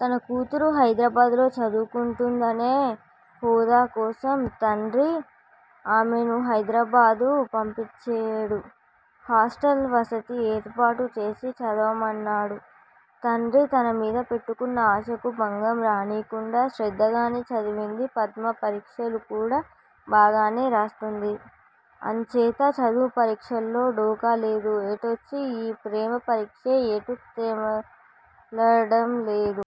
తన కూతురు హైదరాబాదులో చదువుకుంటుందనే హోదాకోసం తండ్రి ఆమెను హైదరాబాదు పంపించేడు. హాస్టల్ వసతి ఏర్పాటుచేసి చదవమన్నాడు. తండ్రి తనమీద పెట్టుకున్న ఆశకు భంగం రానీకుండా శ్రద్ధగానే చదివింది. పద్మ పరీక్షలుకూడా బాగానే రాస్తోంది. అంచేత చదువు పరీక్షలో ఢోకా లేదు. ఎటొచ్చి ఈ ప్రేమ పరీక్షే ఎటూ తెమలడం లేదు.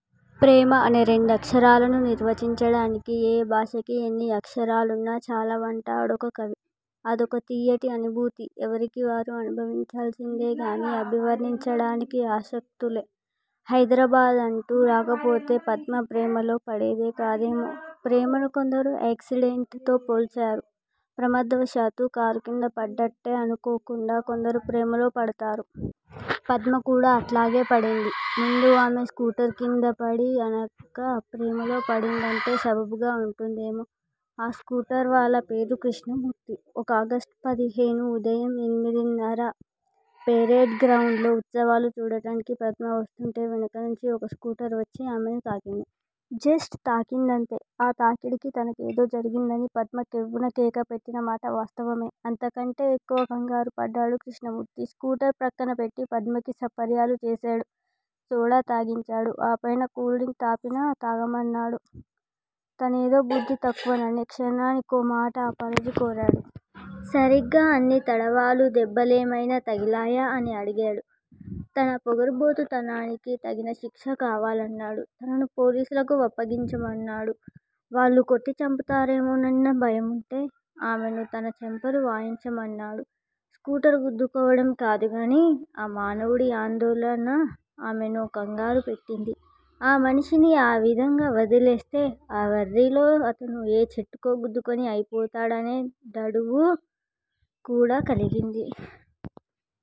ప్రేమ అనే రెండక్షరాలను నిర్వచించడానికి ఏ భాషకి ఎన్ని అక్షరాలున్నా చాలవంటాడొక కవి. అదొక తియ్యటి అనుభూతి ఎవరికి వారు అనుభవించాల్సిందేగాని అభివర్ణించడానికి అశక్తులే! హైదరాబాదంటూ రాకపోతే పద్మ ప్రేమలో పడేది కాదేమో. ప్రేమను కొందరు ఏక్సిడెంట్ తో పోల్చేరు. ప్రమాదవశాత్తూ కారుకింద పడ్డట్లే అనుకోకుండా కొందరు ప్రేమలో పడతారుట. పద్మ కూడా అట్లాగే పడింది. ముందు ఆమె స్కూటరుకిందపడి ఆనక ప్రేమలో పడిందంటే సబబుగా ఉంటుందేమో. ఆ స్కూటరువాలా పేరు కృష్ణమూర్తి. ఒక ఆగస్టు పదిహేను. ఉదయం ఎనిమిదిన్నర. పెరేడ్ గ్రౌండ్సులో ఉత్సవాలు చూడటానికి పద్మ వస్తుంటే వెనకనుంచి ఒక స్కూటరు వచ్చి ఆమెను తాకింది. జస్టు తాకిందంతే! ఆ తాకిడికి తనకేదో జరిగిందని పద్మ కెవ్వున కేక పెట్టినమాట వాస్తవమే. అంతకంటే ఎక్కువ ఖంగారుపడ్డాడు కృష్ణమూర్తి. స్కూటరు ప్రక్కనపెట్టి పద్మకి సపర్యలు చేసేడు. సోడా తాగించేడు. ఆపైన కూల్ డ్రింక్ తాపీగా తాగమన్నాడు. తనదే బుద్ధి తక్కువని క్షణానికోమాటు అపాలజీ కోరేడు. సరిగ్గా అన్ని తడవలూ దెబ్బలేమైనా తగిలేయా అని అడిగేడు. తన పొగరబోత్తనానికి తగిన శిక్ష కావాలన్నాడు. తనను పోలీసులకు వప్పగించమన్నాడు. వాళ్ళు కొట్టి చంపుతారేమోనన్న భయముంటే ఆమెను తన చెంపలు వాయించమన్నాడు. స్కూటరు గుద్దుకోవడం కాదుగానీ ఆ మానవుడి ఆందోళన ఆమెను ఖంగారు పెట్టింది. ఆ మనిషిని ఆ విధంగా వదిలేస్తే ఆ వర్రీలో అతను ఏ చెట్టుకో గుద్దుకొని అయిపోతాడనే డవుటు కూడా కలిగింది.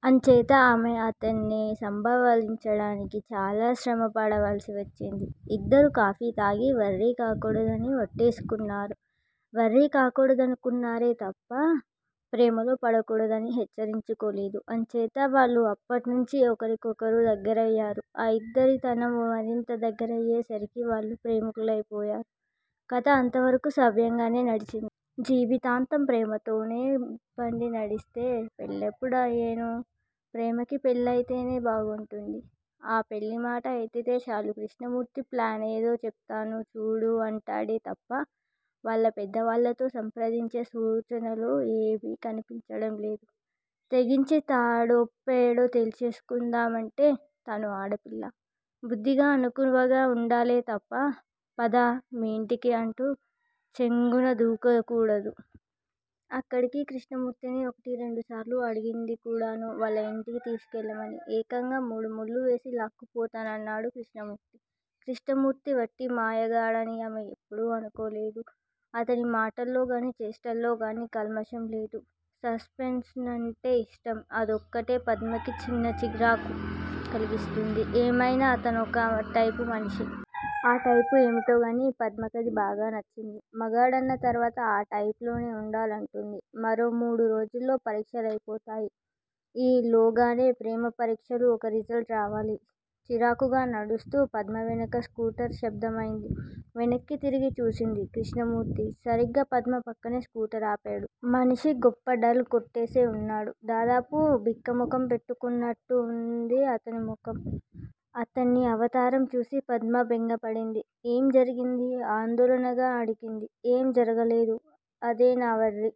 అంచేత ఆమె అతన్ని సంబాళించడానికి చాలా శ్రమ పడవలసి వచ్చింది. ఇద్దరూ కాఫీతాగి వర్రీ కాకూడదని ఒట్టేసుకున్నారు. వర్రీ కాకూడదనుకున్నారే తప్ప ప్రేమలో పడకూడదని హెచ్చరించుకోలేదు. అంచేత వాళ్ళు అప్పట్నుంచీ ఒకరికొకరు దగ్గరయ్యేరు. ఆ దగ్గిరితనం మరింత దగ్గరయ్యేసరికి వాళ్ళు ప్రేమికులై పోయేరు. కథ అంతవరకూ సవ్యంగానే నడిచింది. జీవితాంతం ప్రేమతోనే బండినడిస్తే పెళ్లెప్పుడయ్యేను! ప్రేమకి పెళ్ళయితేనే బావుంటుంది. ఆ పెళ్ళిమాట ఎత్తితేచాలు కృష్ణమూర్తి ప్లానేదో చేస్తాను చూడు అంటాడే తప్ప వాళ్ళ పెద్దవాళ్ళతో సంప్రదించే సూచనలు ఏమీ కనిపించడం లేదు. తెగించి తాడోపేడో తెల్చేసుకుందామంటే తాను ఆడపిల్ల. బుద్ధిగా అణుకువగా వుండాలేతప్ప పద మీ యింటికి అంటూ చెంగునదూక కూడదు. అక్కడికి కృష్ణమూర్తిని ఒకటి రెండుసార్లు అడిగింది కూడాను వాళ్ళ యింటికి తీసుకెళ్ళమని. ఏకంగా మూడుముళ్ళు వేసి లాక్కుపోతానన్నాడు కృష్ణమూర్తి. కృష్ణమూర్తివట్టి మాయగాడని ఆమె ఎప్పుడూ అనుకోలేదు. అతని మాటలోగాని చేష్టలోగాని కల్మషంలేదు. సస్పెన్సంటే ఇష్టం. అదొక్కటే, పద్మకి చిన్న చిరాకు కలిగిస్తుంది. ఏమైనా అతనొక టైపుమనిషి. ఆ టైపు ఏమిటోగాని పద్మకది బాగా నచ్చింది. మగాడన్న తర్వాత ఆ టైపులోనే వుండాలంటుంది. మరో మూడురోజుల్లో పరీక్షలైపోతాయి. ఈ లోగానే ప్రేమ పరీక్షకు ఒక రిజల్ట్ రావాలి. పరాకుగా నడుస్తున్న పద్మవెనక స్కూటరు శబ్దమైంది. వెనక్కి తిరిగి చూసింది. కృష్ణమూర్తి! సరిగ్గా పద్మ పక్కనే స్కూటరాపేడు. మనిషి గొప్ప డల్ కొట్టేసి వున్నాడు, దాదాపు బిక్క మొగం పెట్టుకున్నట్టుంది అతని మొగం. అతని అవతారం చూసి పద్మ బెంగపడింది. ఏం జరిగింది? ఆందోళనగా అడిగింది. ఏం జరగలేదు. అదే నా వర్రీ!